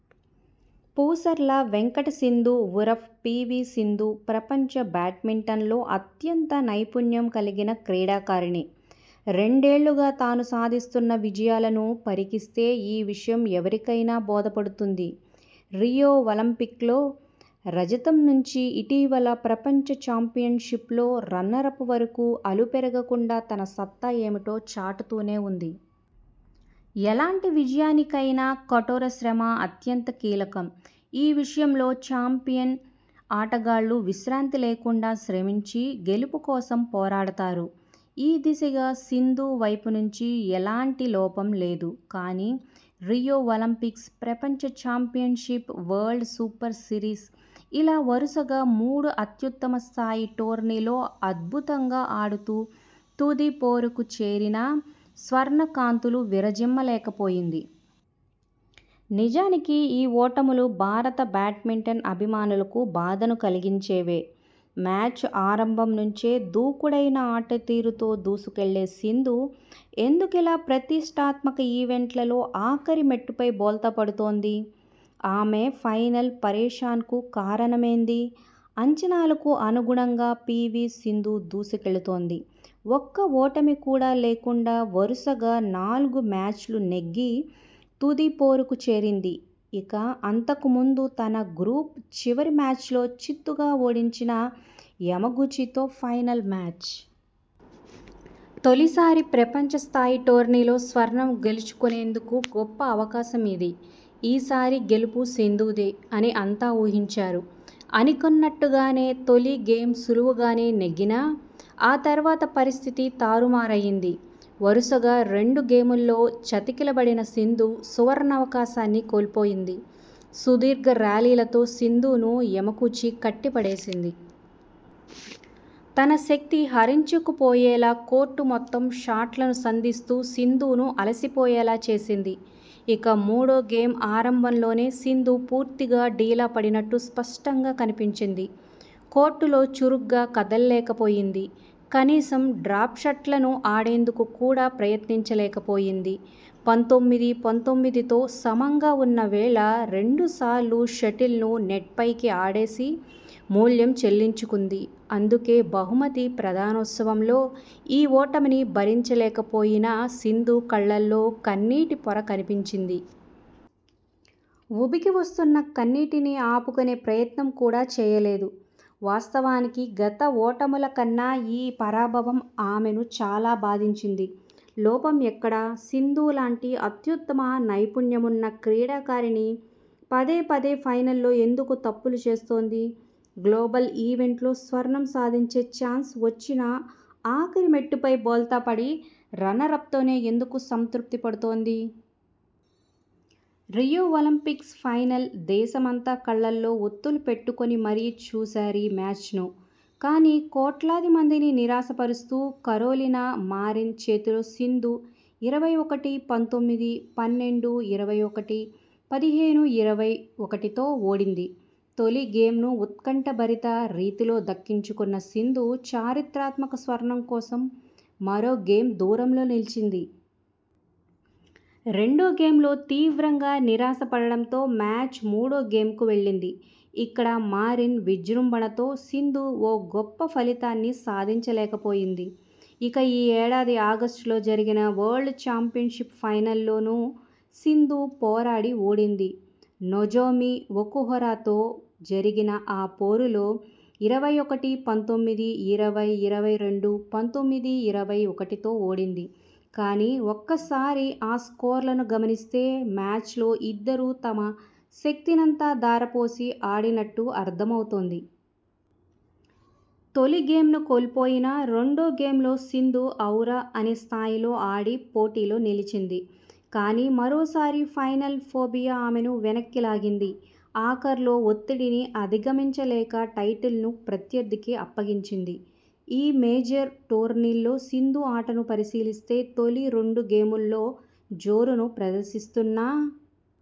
పూసర్ల వెంకట సింధు ఉరఫ్ పీవీ సింధు.. ప్రపంచ బ్యాడ్మింటన్లో అత్యంత నైపుణ్యం కలిగిన క్రీడాకారిణి.. రెండేళ్లుగా తాను సాధిస్తున్న విజయాలను పరికిస్తే ఈ విషయం ఎవరికైనా బోధపడుతుంది. రియో ఒలింపిక్స్లో రజతం నుంచి ఇటీవలి ప్రపంచ చాంపియన్షిప్లో రన్నరప్ వరకు అలుపెరగకుండా తన సత్తా ఏమిటో చాటుతూనే ఉంది. ఎలాంటి విజయానికైనా కఠోరశ్రమ అత్యంత కీలకం. ఈ విషయంలో చాంపియన్ ఆటగాళ్లు విశ్రాంతి లేకుండా శ్రమించి గెలుపు కోసం పోరాడతారు. ఈ దిశగా సింధు వైపునుంచి ఎలాంటి లోపం లేదు. కానీ రియో ఒలింపిక్స్, ప్రపంచ చాంపియన్షిప్, వరల్డ్ సూపర్ సిరీస్.. ఇలా వరుసగా మూడు అత్యుత్తమ స్థాయి టోర్నీల్లో అద్భుతంగా ఆడుతూ తుది పోరుకు చేరినా స్వర్ణ కాంతులు విరజిమ్మలేకపోయింది. నిజానికి ఈ ఓటములు భారత బ్యాడ్మింటన్ అభిమానులకు బాధను కలిగించేవే! మ్యాచ్ ఆరంభం నుంచే దూకుడైన ఆటతీరుతో దూసుకెళ్లే సింధు ఎందుకిలా ప్రతిష్ఠాత్మక ఈవెంట్లలో ఆఖరి మెట్టుపై బోల్తా పడుతోంది? ఆమె 'ఫైనల్' పరేషాన్కు కారణమేంది? అంచనాలకు అనుగుణంగా పీవీ సింధు దూసుకెళుతోంది. ఒక్క ఓటమి కూడా లేకుండా వరుసగా నాలుగుమ్యాచ్లు నెగ్గి తుదిపోరుకు చేరింది ఇక అంతకుముందు తన గ్రూప్ చివరిమ్యాచ్లో చిత్తుగా ఓడించిన యమగుచితో ఫైనల్ మ్యాచ్. తొలిసారి ప్రపంచస్థాయి టోర్నీలో స్వర్ణం గెలుచుకునేందుకు గొప్ప అవకాశం ఇది. ఈసారీ గెలుపు సింధుదే అని అంతా ఊహించారు. అనుకున్నట్టుగానే తొలి గేమ్ సులువుగా నే నెగ్గినా ఆ తర్వాత పరిస్థితి తారుమారైంది. వరుసగా రెండు గేముల్లో చతికిలబడిన సింధు సువర్ణావకాశాన్ని కోల్పోయింది. సుదీర్ఘర్యాలీలతో సింధును యమగుచి కట్టి పడేసింది. తన శక్తి హరించుకుపోయేలా కోర్టు మొత్తం షాట్లను సంధిస్తూ సింధును అలసిపోయేలా చేసింది. ఇక మూడో గేమ్ ఆరంభంలోనే సింధు పూర్తిగా డీలాపడినట్టు స్పష్టంగా కనిపించింది. కోర్టులో చురుగ్గా కదలలేకపోయింది. కనీసం డ్రాప్షాట్లను ఆడేందుకు కూడా ప్రయత్నించ లేకపోయింది. పంతొమ్మిది-పంతొమ్మిదితో సమంగా ఉన్న వేళ రెండుసార్లు షటిల్ను నెట్పైకి ఆడేసి మూల్యం చెల్లించుకుంది అందుకే బహుమతి ప్రదా నోత్సవంలో ఈ ఓటమిని భరించలేకపోయిన సింధు కళ్లల్లో కన్నీటి పొర కనిపించింది. ఉబికి వస్తున్న కన్నీటిని ఆపుకొనే ప్రయత్నం కూడా చేయలేదు. వాస్తవానికి గత ఓటముల కన్నా ఈ పరాభవం ఆమెను చాలా బాధించింది. లోపం ఎక్కడ? సింధులాంటి అత్యుత్తమ నైపుణ్యమున్న క్రీడాకారిణి పదేపదే ఫైనల్స్లో ఎందుకు తప్పులు చేస్తోంది? గ్లోబల్ ఈవెంట్స్లో స్వర్ణం సాధించే చాన్స్ వచ్చినా ఆఖరిమెట్టుపై బోల్తాపడి రన్నరప్తోనే ఎందుకు సంతృప్తిపడుతోంది? రియో ఒలింపిక్స్ ఫైనల్.. దేశమంతా కళ్లల్లో ఒత్తులు పెట్టుకు ని మరీ చూశారీ మ్యాచ్ను. కానీ కోట్లాది మందిని నిరాశపరుస్తూ కరోలినా మారిన్ చేతిలో సింధు ఇరవై ఒకటి-పంతొమ్మిది, పన్నెండు-ఇరవై ఒకటి, పదిహేను-ఇరవై ఒకటితో ఓడింది తొలి గేమ్ను ఉత్కంఠ భరిత రీతిలో దక్కించుకున్న సింధు చరిత్రాత్మక స్వర్ణం కోసం మరో గేమ్ దూరంలో నిలిచింది. రెండోగేమ్లో తీవ్రంగా నిరాశపరచడంతో మ్యాచ్ మూడో గేమ్కు వెళ్లింది. ఇక్కడ మారిన్ విజృంభణతో సింధు ఓ గొప్ప ఫలితాన్ని సాధించలేకపోయింది. ఇక ఈ ఏడాది ఆగస్టులో జరిగిన వరల్డ్ చాంపియన్షిప్ ఫైనల్లో నూ సింధు పోరాడి ఓడింది. నొజోమి ఒకుహరా తో జరిగిన ఆ పోరులో ఇరవై ఒకటి-పంతొమ్మిది, ఇరవై-ఇరవై రెండు, పంతొమ్మిది-ఇరవై ఒకటితో ఓడింది కానీ ఒక్కసారి ఆ స్కోర్లను గమనిస్తే మ్యాచ్లో ఇద్దరు తమ శక్తినంతా ధారపోసి ఆడినట్టు అర్థమవుతుంది. తొలిగేమ్ను కోల్పోయినా రెండోగేమ్లో సింధు ఔరా.. అనే స్థాయిలో ఆడి పోటీలో నిలిచింది. కానీ మరోసారి ఫైనల్ ఫోబియా ఆమెను వెనక్కి లాగింది. ఆఖర్లో ఒత్తిడిని అధిగమించలేక టైటిల్ను ప్రత్యర్థికి అప్పగించింది. ఈ మేజర్ టోర్నీల్లో సింధు ఆటను పరిశీలిస్తే తొలి రెండు గేముల్లో జోరును ప్రదర్శిస్తున్నా..